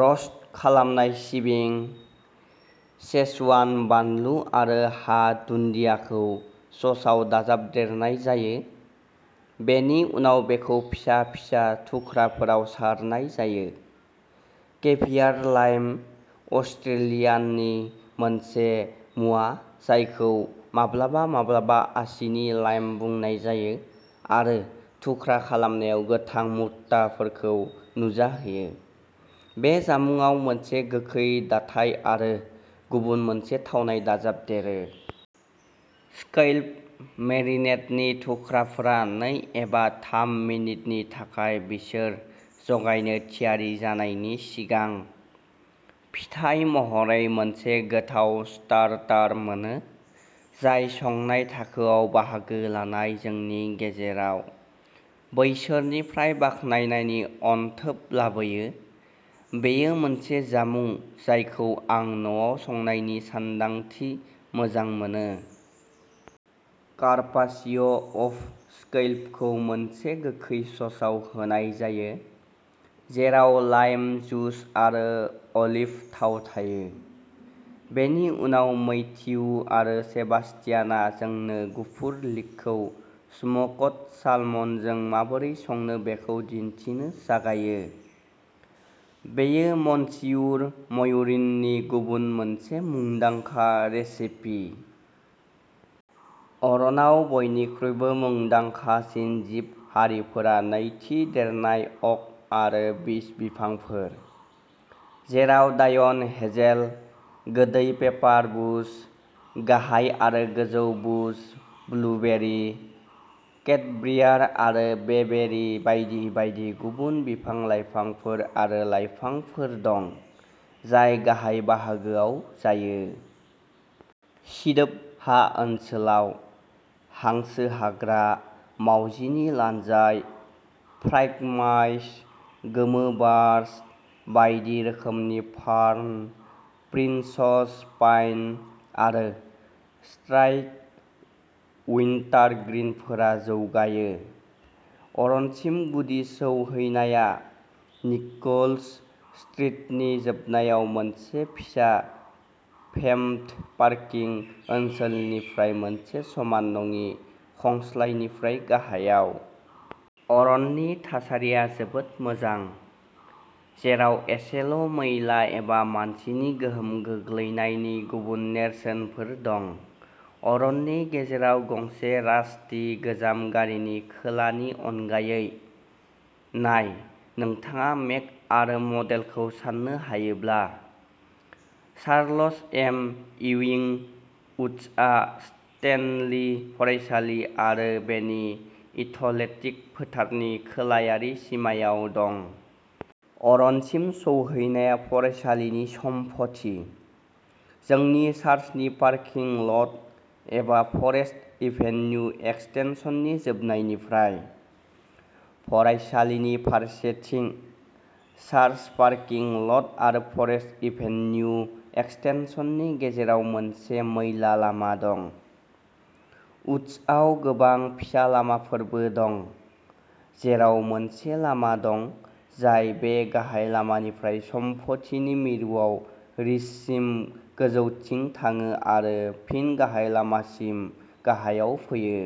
Roast खालामनाय सिबिं, Szechuan बानलु आरो हा-दुन्दियाखौ ससआव दाजाबदेरनाय जायो, बेनि उनाव बेखौ फिसा फिसा थुख्राफोराव सारनाय जायो। केभियार लाइम-अस्ट्रेलियानि मोनसे मुवा जायखौ माब्लाबा माब्लाबा आसिनि लाइम बुंनाय जायो आरो थुख्रा खालामनायाव गोथां मुक्ताफोरखौ नुजाहोयो-बे जामुंआव मोनसे गोखै दाथाय आरो गुबुन मोनसे थावनाय दाजाबदेरो। स्कैलप मेरिनेडनि थुख्राफोरा नै एबा थाम मिनिटनि थाखाय बिसोर जगायनो थियारि जानायनि सिगां। फिथाय महरै मोनसे गोथाव स्टार्टार मोनो, जाय संनाय थाखोआव बाहागो लानाय जोंनि गेजेराव बैसोरनिफ्राय बाखनायनायनि अन्थोब लाबोयो। बेयो मोनसे जामुं जायखौ आं न'आव संनायनि सानदांथि मोजां मोनो। कार्पासिअ'अफ स्कैलपखौ मोनसे गोखै ससआव होनाय जायो, जेराव लाइम जुस आरो अलिभ थाव थायो। बेनि उनाव मैथियु आरो सेबास्तियानआ जोंनो गुफुर लिकखौ स्मोक्ड सालमनजों माबोरै संनो बेखौ दिन्थिनो जागायो। "बेयो मन्सियुर म्यूरिननि गुबुन मोनसे मुंदांखा रेसिपि। अरनाव बयनिख्रुइबो मुंदांखासिन जिब-हारिफोरा नैथि देरनाय अक आरो बीच बिफांफोर, जेराव डायन हेजेल, गोदै पेपारबुश, गाहाय आरो गोजौ बुश ब्लुबेरि, केटब्रियार आरो बेबेरि बायदि बायदि गुबुन बिफां-लाइफांफोर आरो लायफांफोर दं, जाय गाहाय बाहागोआव जायो। सिदोब हा ओनसोलाव, हांसो हाग्रा, मावजिनि लानजाय, फ्राग्माइट्स, गोमो बार्च, बायदि रोखोमनि फार्न, प्रिन्स'स पाइन आरो स्ट्राइप्ड उइन्टारग्रीनफोरा जौगायो। अरनसिम गुदि सौहैनाया निकोल्स स्ट्रीटनि जोबनायाव मोनसे फिसा पेभ्ड पार्किं ओनसोलनिफ्राय मोनसे समान नङि खंस्लायनिफ्राय गाहायाव। अरननि थासारिया जोबोद मोजां, जेराव एसेल'मैला एबा मानसिनि गोहोम गोग्लैनायनि गुबुन नेरसोनफोर दं-अरननि गेजेराव गंसे रास्टि गोजाम गारिनि खोलानि अनगायै! नाय! नोंथाङा मेक आरो मडेलखौ सान्नो हायोब्ला? Charles M. इउइं उड्सआ स्टेनलि फरायसालि आरो बेनि एथलेटिक फोथारनि खोलायारि सिमायाव दं। अरनसिम सौहैनाया फरायसालिनि सम्पथि, जोंनि चार्चनि पार्किं ल'ट, एबा फरेस्ट एभेन्यु एक्सटेनसननि जोबनायनिफ्राय। फरायसालिनि फारसेथिं, चार्च पार्किं ल'ट आरो फरेस्ट एभेन्यु एक्सटेनसननि गेजेराव मोनसे मैला लामा दं। उड्सआव गोबां फिसा लामाफोरबो दं, जेराव मोनसे लामा दं जाय बे गाहाय लामानिफ्राय सम्पथिनि मिरुआव रिजसिम गोजौथिं थाङो आरो फिन गाहाय लामासिम गाहायाव फैयो।